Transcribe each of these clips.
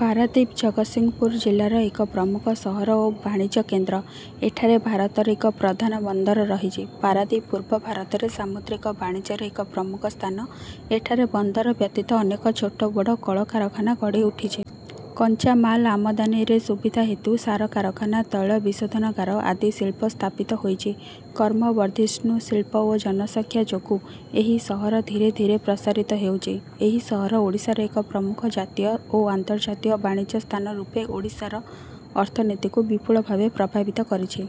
ପାରାଦୀପ ଜଗତସିଂହପୁର ଜିଲ୍ଲାର ଏକ ପ୍ରମୂଖ ସହର ଓ ବାଣିଜ୍ୟ କେନ୍ଦ୍ର। ଏଠାରେ ଭାରତର ଏକ ପ୍ରଧାନ ବନ୍ଦର ରହିଛି। ପାରାଦୀପ ପୂର୍ବ ଭାରତରେ ସାମୁଦ୍ରିକ ବାଣିଜ୍ୟର ଏକ ପ୍ରମୁଖ ସ୍ଥାନ। ଏଠାରେ ବନ୍ଦର ବ୍ୟତୀତ ଅନେକ ଛୋଟ ବଡ଼ କଳ କାରଖାନା ଗଢ଼ି ଉଠିଛି। କଞ୍ଚାମାଲ ଆମଦାନୀର ସୁବିଧା ହେତୁ ସାର କାରଖାନା ତୈଳ ବିଶୋଧନାଗାର ଆଦି ଶିଳ୍ପ ସ୍ଥାପିତ ହୋଇଛି। କ୍ରମବର୍ଦ୍ଧିଷ୍ଣୁ ଶିଳ୍ପ ଓ ଜନସଂଖ୍ୟା ଯୋଗୁ ଏହି ସହର ଧୀରେ ଧୀରେ ପ୍ରସାରିତ ହେଉଛି। ଏହି ସହର ଓଡ଼ିଶାର ଏକ ପ୍ରମୁଖ ଜାତୀୟ ଓ ଅନ୍ତର୍ଜାତୀୟ ବାଣିଜ୍ୟ ସ୍ଥାନ ରୂପେ ଓଡ଼ିଶା ଅର୍ଥନୀତିକୁ ବିପୁଳ ଭାବେ ପ୍ରଭାବିତ କରିଛି।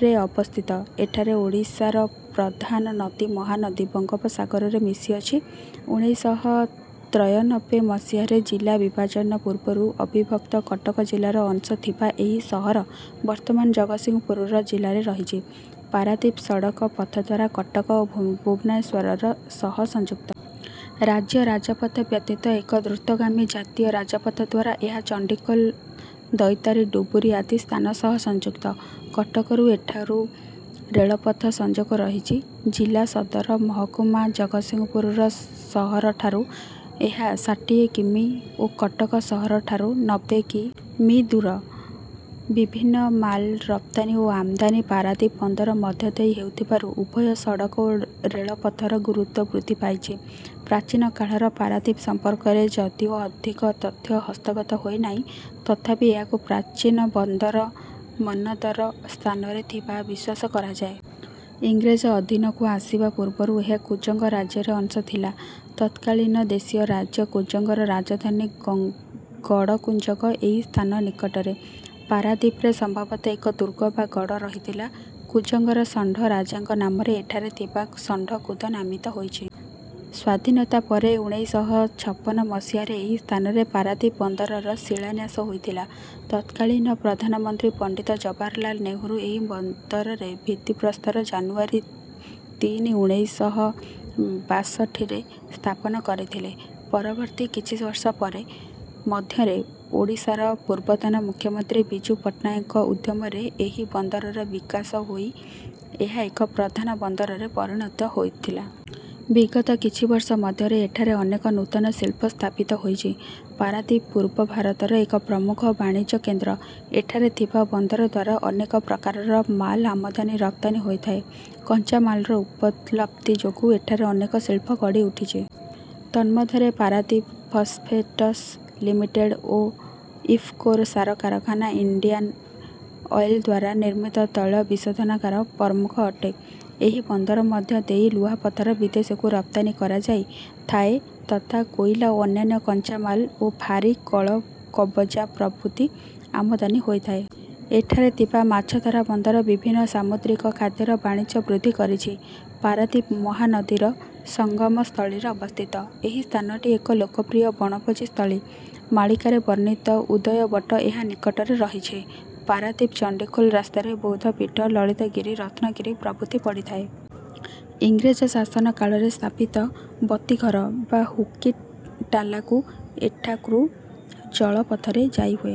ରେ ଅବସ୍ଥିତ। ଏଠାରେ ଓଡ଼ିଶାର ପ୍ରଧାନ ନଦୀ ମହାନଦୀ ବଙ୍ଗୋପସାଗରରେ ମିଶିଅଛି। ଉଣେଇଶ ଶହ ତ୍ରୟନବେ ମସିହାରେ ଜିଲ୍ଲା ବିଭାଜନ ପୂର୍ବରୁ ଅବିଭକ୍ତ କଟକ ଜିଲ୍ଲାର ଅଂଶ ଥିବା ଏହି ସହର ବର୍ତ୍ତମାନ ଜଗତସିଂହପୁର ଜିଲ୍ଲାରେ ରହିଛି। ପାରାଦୀପ ସଡ଼କ ପଥଦ୍ୱାରା କଟକ ଓ ଭୁବନେଶ୍ୱର ସହ ସଂଯୁକ୍ତ। ରାଜ୍ୟ ରାଜପଥ ବ୍ୟତୀତ ଏକ ଦ୍ରୁତଗାମୀ ଜାତୀୟ ରାଜପଥଦ୍ୱାରା ଏହା ଚଣ୍ଡିଖୋଲ ଦୈତାରୀ ଡୁବୁରୀ ଆଦି ସ୍ଥାନ ସହ ସଂଯୁକ୍ତ। କଟକରୁ ଏଠାକୁ ରେଳପଥର ସଂଯୋଗ ରହିଛି। ଜିଲ୍ଲା ସଦରମହକୁମା ଜଗତସିଂହପୁର ସହର ଠାରୁ ଏହା ଷାଠିଏ କି. ମି. ଓ କଟକ ସହର ଠାରୁ ନବେ କି. ମି. ଦୂର। ବିଭିନ୍ନ ମାଲ ରପ୍ତାନୀ ଓ ଆମଦାନୀ ପାରାଦୀପ ବନ୍ଦର ମଧ୍ୟଦେଇ ହେଉଥିବାରୁ ଉଭୟ ସଡ଼କ ଓ ରେଳପଥର ଗୁରୁତ୍ତ୍ୱ ବୃଦ୍ଧି ପାଇଛି। ପ୍ରାଚୀନ କାଳର ପାରଦୀପ ସମ୍ପର୍କରେ ଯଦିଓ ଅଧିକ ତଥ୍ୟ ହସ୍ତଗତ ହୋଇନାହିଁ ତଥାପି ଏହାକୁ ପ୍ରାଚୀନ ବନ୍ଦର ମନ୍ନଦର ସ୍ଥାନରେ ଥିବାର ବିଶ୍ୱାସ କରାଯାଏ। ଇଂରେଜ ଅଧୀନକୁ ଆସିବା ପୂର୍ବରୁ ଏହା କୁଜଙ୍ଗ ରାଜ୍ୟର ଅଂଶ ଥିଲା। ତତ୍କାଳୀନ ଦେଶୀୟ ରାଜ୍ୟ କୁଜଙ୍ଗର ରାଜଧାନୀ ଗଡ଼କୁଜଙ୍ଗ ଏହି ସ୍ଥାନ ନିକଟରେ। ପାରାଦୀପରେ ସମ୍ଭବତଃ ଏକ ଦୁର୍ଗ ବା ଗଡ଼ ରହିଥିଲା। କୁଜଙ୍ଗର ଷଣ୍ଢ ରାଜାଙ୍କ ନାମରେ ଏଠାରେ ଥିବା ଷଣ୍ଢକୂଦ ନାମିତ ହୋଇଛି। ସ୍ୱାଧୀନତା ପରେ ଉଣେଇଶ ଶହ ଛପନ ମସିହାରେ ଏହି ସ୍ଥାନରେ ପାରାଦୀପ ବନ୍ଦରର ଶିଳାନ୍ୟାସ ହୋଇଥିଲା। ତତ୍କାଳୀନ ପ୍ରଧାନମନ୍ତ୍ରୀ ପଣ୍ଡିତ ଜବାହରଲାଲ ନେହେରୁ ଏହି ବନ୍ଦରର ଭିତ୍ତିପ୍ରସ୍ଥର ଜାନୁୟାରୀ ତିନି ଉଣେଇଶ ଶହ ବାଷଠିରେ ସ୍ଥାପନ କରିଥିଲେ। ପରବର୍ତ୍ତୀ କିଛି ବର୍ଷ ମଧ୍ୟରେ ଓଡ଼ିଶାର ପୂର୍ବତନ ମୁଖ୍ୟମନ୍ତ୍ରୀ ବିଜୁ ପଟ୍ଟନାୟକଙ୍କ ଉଦ୍ୟମରେ ଏହି ବନ୍ଦରର ବିକାଶ ହୋଇ ଏହା ଏକ ପ୍ରଧାନ ବନ୍ଦରରେ ପରିଣତ ହୋଇଥିଲା। ବିଗତ କିଛି ବର୍ଷ ମଧ୍ୟରେ ଏଠାରେ ଅନେକ ନୂତନ ଶିଳ୍ପ ସ୍ଥାପିତ ହୋଇଛି। ପାରାଦୀପ ପୂର୍ବ ଭାରତର ଏକ ପ୍ରମୁଖ ବାଣିଜ୍ୟ କେନ୍ଦ୍ର। ଏଠାରେ ଥିବା ବନ୍ଦରଦ୍ୱାରା ଅନେକ ପ୍ରକାରର ମାଲ ଆମଦାନୀ ରପ୍ତାନୀ ହୋଇଥାଏ। କଞ୍ଚାମାଲର ଉପଲବ୍ଧି ଯୋଗୁ ଏଠାରେ ଅନେକ ଶିଳ୍ପ ଗଢି ଉଠିଛି। ତନ୍ମଧ୍ୟରେ ପାରାଦୀପ ଫସପେଟସ ଲିମିଟେଡ଼ ଓ ଇଫକୋର ସାର କାରଖାନା ଇଣ୍ଡିଆନ ଅଏଲଦ୍ୱାରା ନିର୍ମିତ ତୈଳ ବିଶୋଧନାଗାର ପ୍ରମୁଖ ଅଟେ। ଏହି ବନ୍ଦର ମଧ୍ୟ ଦେଇ ଲୁହାପଥର ବିଦେଶକୁ ରପ୍ତାନୀ କରାଯାଇ ଥାଏ ତଥା କୋଇଲା ଓ ଅନ୍ୟାନ୍ୟ କଞ୍ଚାମାଲ ଓ ଭାରୀ କଳକବଜା ପ୍ରଭୁତି ଆମଦାନୀ ହୋଇଥାଏ। ଏଠାରେ ଥିବା ମାଛଧରା ବନ୍ଦର ବିଭିନ୍ନ ସାମୁଦ୍ରିକ ଖାଦ୍ୟର ବାଣିଜ୍ୟ ବୃଦ୍ଧି କରିଛି। ପାରାଦୀପ ମହାନଦୀର ସଙ୍ଗମ ସ୍ଥଳୀରେ ଅବସ୍ଥିତ। ଏହି ସ୍ଥାନଟି ଏକ ଲୋକପ୍ରିୟ ବଣଭୋଜି ସ୍ଥଳୀ। ମାଳିକାରେ ବର୍ଣ୍ଣିତ ଉଦୟବଟ ଏହା ନିକଟରେ ରହିଛି। ପାରାଦୀପଚଣ୍ଡିଖୋଲ ରାସ୍ତାରେ ବୌଦ୍ଧ ପୀଠ ଲଳିତଗିରି ରତ୍ନଗିରି ପ୍ରଭୁତି ପଡିଥାଏ। ଇଂରେଜ ଶାସନ କାଳରେ ସ୍ଥାପିତ ବତୀଘର ବା ହୁକିଟାଲାକୁ ଏଠାରୁ ଜଳପଥରେ ଯାଇହୁଏ।